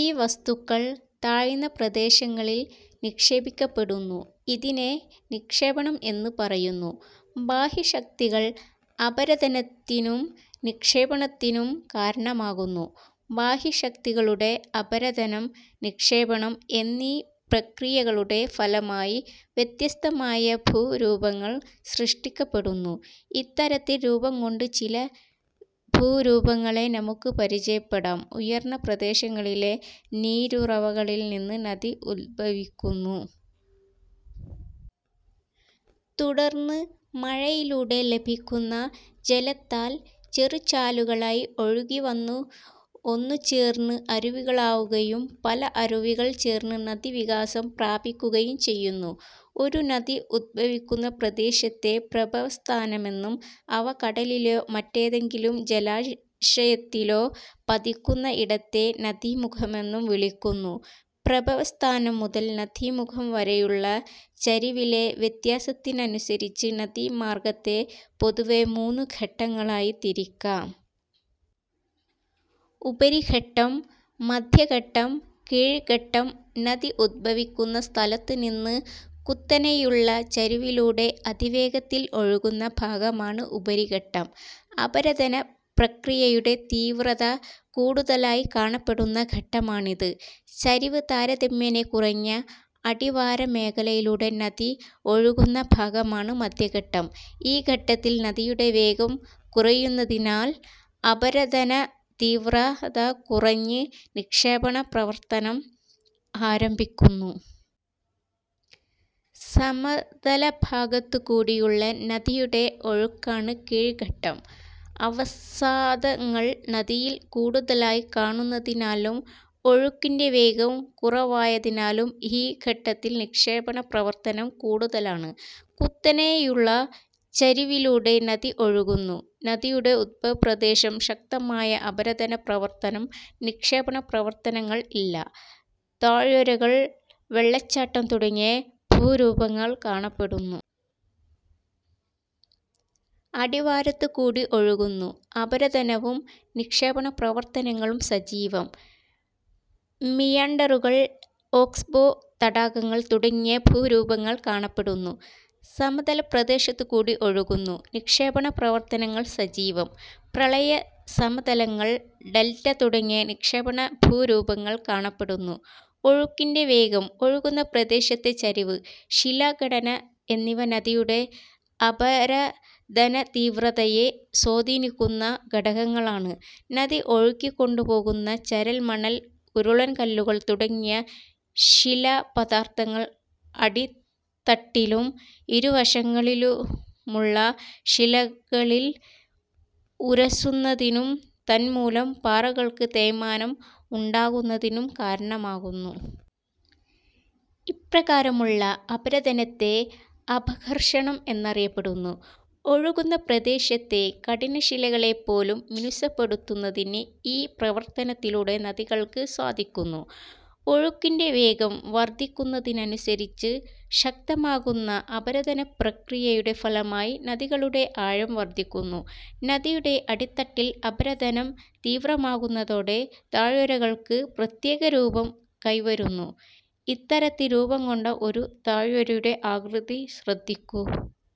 ഈ വസ്തുക്കൾ താഴ്ന്ന പ്രദേശങ്ങളിൽ നിക്ഷേപിക്കപ്പെടുന്നു. ഇതിനെ നിക്ഷേപണം എന്ന് പറയുന്നു. ബാഹ്യശക്തികൾ അപരദനത്തിനും നിക്ഷേപണത്തിനും കാരണമാകുന്നു. ബാഹ്യശക്തികളുടെ അപരദനം, നിക്ഷേപണം എന്നീ പ്രക്രിയകളുടെ ഫലമായി വ്യത്യസ്തമായ ഭൂരൂപങ്ങൾ സൃഷ്ടിക്കപ്പെടുന്നു. ഇത്തരത്തിൽ രൂപം കൊണ്ട് ചില ഭൂരൂപങ്ങളെ നമുക്ക് പരിചയപ്പെടാം. ഉയർന്ന പ്രദേശങ്ങളിലെ നീരുറവകളിൽനിന്ന് നദി ഉദ്ഭവിക്കുന്നു. തുടർന്ന് മഴയിലൂടെ ലഭിക്കുന്ന ജലത്താൽ ചെറുചാലുകളായി ഒഴുകി ഒന്നുചേർന്ന് അരുവികളാവുകയും പല അരുവികൾ ചേർന്ന് നദി വികാസം പ്രാപിക്കുകയും ചെയ്യുന്നു. ഒരു നദി ഉദ്ഭവിക്കുന്ന പ്രദേശത്തെ പ്രഭവസ്ഥാനമെന്നും അവ കടലിലോ മറ്റേതെങ്കിലും ജലാശയത്തിലോ പതിക്കുന്ന ഇടത്തെ നദീമുഖമെന്നും വിളിക്കുന്നു. പ്രഭവസ്ഥാനം മുതൽ നദീമുഖം വരെയുള്ള ചരിവിലെ വ്യത്യാസത്തിനനുസരിച്ച് നദീമാർഗത്തെ പൊതുവെ മൂന്നു ഘട്ടങ്ങളായി തിരിക്കാം. ഉപരിഘട്ടം. മധ്യഘട്ടം, കീഴ്ഘട്ടം. നദി ഉദ്ഭവിക്കുന്ന സ്ഥലത്തുനിന്ന് കുത്തനെയുള്ള ചരിവിലൂടെ അതിവേഗത്തിൽ ഒഴുകുന്ന ഭാഗമാണ് ഉപരിഘട്ടം. അപരദന പ്രക്രിയയുടെ തീവ്രത കൂടുതലായി കാണപ്പെടുന്ന ഘട്ടമാണിത്. ചരിവ് താരതമ്യേന കുറഞ്ഞ അടിവാര മേഖലയിലൂടെ നദി ഒഴുകുന്ന ഭാഗമാണ് മധ്യഘട്ടം. ഈ ഘട്ടത്തിൽ നദിയുടെ വേഗം കുറയുന്നതിനാൽ അപരദനതീവ്രത കുറഞ്ഞ് നിക്ഷേപണപ്രവർത്തനം ആരംഭിക്കുന്നു. സമതലഭാഗത്തു കൂടിയുള്ള നദിയുടെ ഒഴുക്കാണ് കീഴ്ഘട്ടം. അവസാദങ്ങൾ നദിയിൽ കൂടുതലായി കാണുന്നതിനാലും ഒഴുക്കിന്റെ വേഗം കുറവായതിനാലും ഈ ഘട്ടത്തിൽ നിക്ഷേപണ പ്രവർത്തനം കൂടുതലാണ്. കുത്തനെയുള്ള ചരിവിലൂടെ നദി ഒഴുകുന്നു. നദിയുടെ ഉദ്ഭവ പ്രദേശം. ശക്തമായ അപരദന പ്രവർത്തനം. നിക്ഷേപണപ്രവർത്തനങ്ങൾ ഇല്ല. താഴ്വരകൾ, വെള്ളച്ചാട്ടം തുടങ്ങിയ ഭൂരൂപങ്ങൾ കാണപ്പെടുന്നു. അടിവാരത്തുകൂടി ഒഴുകുന്നു. അപരദനവും നിക്ഷേപണപ്രവർത്തനങ്ങളും സജീവം. മിയാൻഡറുകൾ, ഓക്സ്ബോ തടാകങ്ങൾ തുടങ്ങിയ ഭൂരൂപങ്ങൾ കാണപ്പെടുന്നു. സമതലപ്രദേശത്തുകൂടി ഒഴുകുന്നു. നിക്ഷേപണപ്രവർത്തനങ്ങൾ സജീവം. പ്രളയ സമതലങ്ങൾ, ഡൽറ്റ തുടങ്ങിയ നിക്ഷേപണഭൂരൂപങ്ങൾ കാണപ്പെടുന്നു. ഒഴുക്കിന്റെ വേഗം, ഒഴുകുന്ന പ്രദേശത്തെ ചരിവ്, ശിലാഘടന എന്നിവ നദിയുടെ അപരദനതീവ്രതയെ സ്വാധീനിക്കുന്ന ഘടകങ്ങളാണ്. നദി ഒഴുക്കിക്കൊണ്ടുപോകുന്ന ചരൽ, മണൽ, ഉരുളൻകല്ലുകൾ തുടങ്ങിയ ശിലാപദാർഥങ്ങൾ അടിത്തട്ടിലും ഇരുവശങ്ങളിലുമുള്ള ശിലകളിൽ ഉരസുന്നതിനും തന്മൂലം പാറകൾക്ക് തേയ്മാനം ഉണ്ടാകുന്നതിനും കാരണമാകുന്നു. ഇപ്രകാരമുള്ള അപരദനത്തെ അപഘർഷണം എന്നറിയപ്പെടുന്നു. ഒഴുകുന്ന പ്രദേശത്തെ കഠിനശിലകളെപ്പോലും മിനുസപ്പെടുത്തുന്നതിന് ഈ പ്രവർത്തനത്തിലൂടെ നദികൾക്ക് സാധിക്കുന്നു. ഒഴുക്കിന്റെ വേഗം വർധിക്കുന്നതിനനുസരിച്ച് ശക്തമാകുന്ന അപരദനപ്രക്രിയയുടെ ഫലമായി നദികളുടെ ആഴം വർധിക്കുന്നു. നദിയുടെ അടിത്തട്ടിൽ അപരദനം തീവ്രമാകുന്നതോടെ താഴ്വരകൾക്ക് പ്രത്യേക രൂപം കൈവരുന്നു. ഇത്തരത്തിൽ രൂപംകൊണ്ട ഒരു താഴ്വരയുടെ ആകൃതി ശ്രദ്ധിക്കൂ.